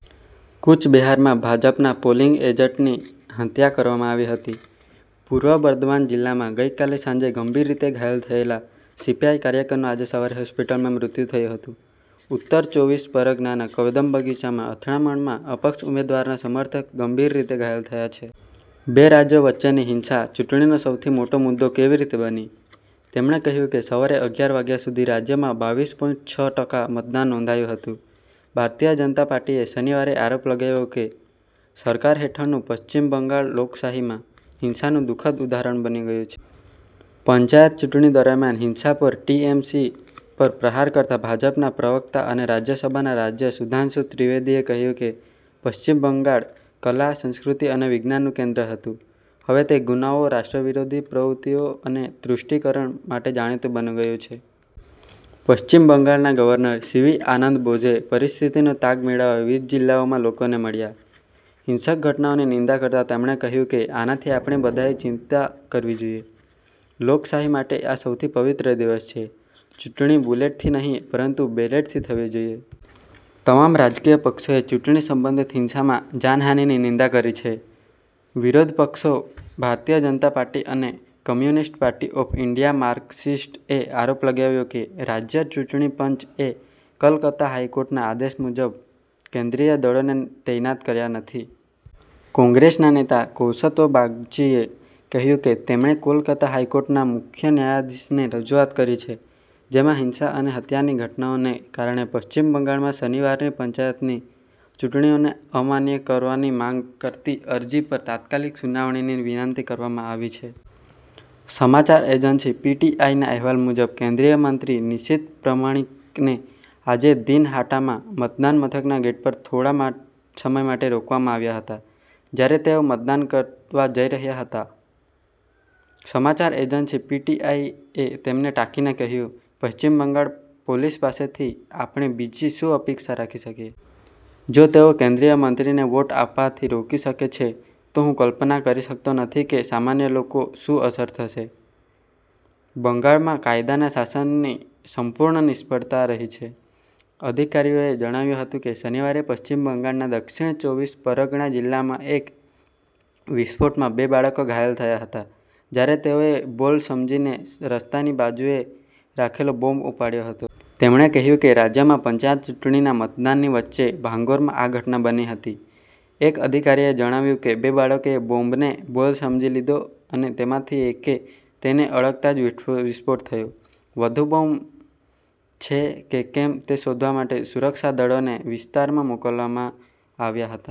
કૂચ બિહારમાં ભાજપના પોલિંગ એજન્ટની હત્યા કરવામાં આવી હતી. પૂર્વ બર્દવાન જિલ્લામાં ગઈકાલે સાંજે ગંભીર રીતે ઘાયલ થયેલા સીપીઆઈ કાર્યકરનું આજે સવારે હોસ્પિટલમાં મૃત્યુ થયું હતું. ઉત્તર ચોવીસ પરગનાના કદમબાગાચીમાં અથડામણમાં અપક્ષ ઉમેદવારના સમર્થક ગંભીર રીતે ઘાયલ થયા છે. બે રાજ્યો વચ્ચેની હિંસા ચૂંટણીનો સૌથી મોટો મુદ્દો કેવી રીતે બની? તેમણે કહ્યું કે, સવારે અગિયાર વાગ્યા સુધી રાજ્યમાં બાવીસ પોઈંટ છ ટકા મતદાન નોંધાયું હતું. ભારતીય જનતા પાર્ટીએ શનિવારે આરોપ લગાવ્યો કે, સરકાર હેઠળનું પશ્ચિમ બંગાળ લોકશાહીમાં હિંસાનું દુઃખદ ઉદાહરણ બની ગયું છે. પંચાયત ચૂંટણી દરમિયાન હિંસા પર ટીએમસી પર પ્રહાર કરતા ભાજપના પ્રવક્તા અને રાજ્યસભાના સભ્ય સુધાંશુ ત્રિવેદીએ કહ્યું કે, પશ્ચિમ બંગાળ કલા, સંસ્કૃતિ અને વિજ્ઞાનનું કેન્દ્ર હતું. હવે તે ગુનાઓ, રાષ્ટ્રવિરોધી પ્રવૃત્તિઓ અને તુષ્ટિકરણ માટે જાણીતુ બની ગયું છે. પશ્ચિમ બંગાળના ગવર્નર સીવી આનંદ બોઝે પરિસ્થિતિનો તાગ મેળવવા વિવિધ જિલ્લાઓમાં લોકોને મળ્યા હતા. હિંસક ઘટનાઓની નિંદા કરતા તેમણે કહ્યું કે, આનાથી આપણે બધાએ ચિંતા કરવી જોઈએ. લોકશાહી માટે આ સૌથી પવિત્ર દિવસ છે, ચૂંટણી બુલેટથી નહીં પરંતુ બેલેટથી થવી જોઈએ. તમામ રાજકીય પક્ષોએ ચૂંટણી સંબંધિત હિંસામાં જાનહાનિની નિંદા કરી છે. વિરોધ પક્ષો ભારતીય જનતા પાર્ટી અને કમ્યુનિસ્ટ પાર્ટી ઓફ ઈન્ડિયા-માર્કસિસ્ટ એ આરોપ લગાવ્યો કે, રાજ્ય ચૂંટણી પંચ એ કલકત્તા હાઈકોર્ટના આદેશ મુજબ કેન્દ્રીય દળોને તૈનાત કર્યા નથી. કોંગ્રેસના નેતા કૌસ્તવ બાગચીએ કહ્યું કે, તેમણે કોલકાતા હાઈકોર્ટના મુખ્ય ન્યાયાધીશને રજૂઆત કરી છે, જેમાં હિંસા અને હત્યાની ઘટનાઓને કારણે પશ્ચિમ બંગાળમાં શનિવારની પંચાયતની ચૂંટણીઓને અમાન્ય કરવાની માંગ કરતી અરજી પર તાત્કાલિક સુનાવણીની વિનંતી કરવામાં આવી છે. સમાચાર એજન્સી પીટીઆઈના અહેવાલ મુજબ કેન્દ્રીય મંત્રી નિશીથ પ્રામાણિકને આજે દિનહાટામાં મતદાન મથકના ગેટ પર થોડા સમય માટે રોકવામાં આવ્યા હતા, જ્યારે તેઓ મતદાન કરવા જઈ રહ્યા હતા. સમાચાર એજન્સી પીટીઆઈએ તેમને ટાંકીને કહ્યું, "પશ્ચિમ બંગાળ પોલીસ પાસેથી આપણે બીજી શું અપેક્ષા રાખી શકીએ? જો તેઓ કેન્દ્રીય મંત્રીને વોટ આપવાથી રોકી શકે છે, તો હું કલ્પના કરી શકતો નથી કે સામાન્ય લોકો શું અસર હશે. બંગાળમાં કાયદાના શાસનની સંપૂર્ણ નિષ્ફળતા રહી છે. અધિકારીઓએ જણાવ્યું હતું કે, શનિવારે પશ્ચિમ બંગાળના દક્ષિણ ચોવીસ પરગણા જિલ્લામાં એક વિસ્ફોટમાં બે બાળકો ઘાયલ થયા હતા, જ્યારે તેઓએ બોલ સમજીને રસ્તાની બાજુએ રાખેલો બોમ્બ ઉપાડ્યો હતો. તેમણે કહ્યું કે, રાજ્યમાં પંચાયત ચૂંટણીના મતદાનની વચ્ચે ભાંગોરમાં આ ઘટના બની હતી. એક અધિકારીએ જણાવ્યું કે, બે બાળકોએ બોમ્બને બોલ સમજી લીધો અને તેમાંથી એકે તેને અડતા જ તે વિસ્ફોટ થયો. વધુ બોમ્બ છે કે કેમ, તે શોધવા માટે સુરક્ષા દળોને વિસ્તારમાં મોકલવામાં આવ્યા હતા.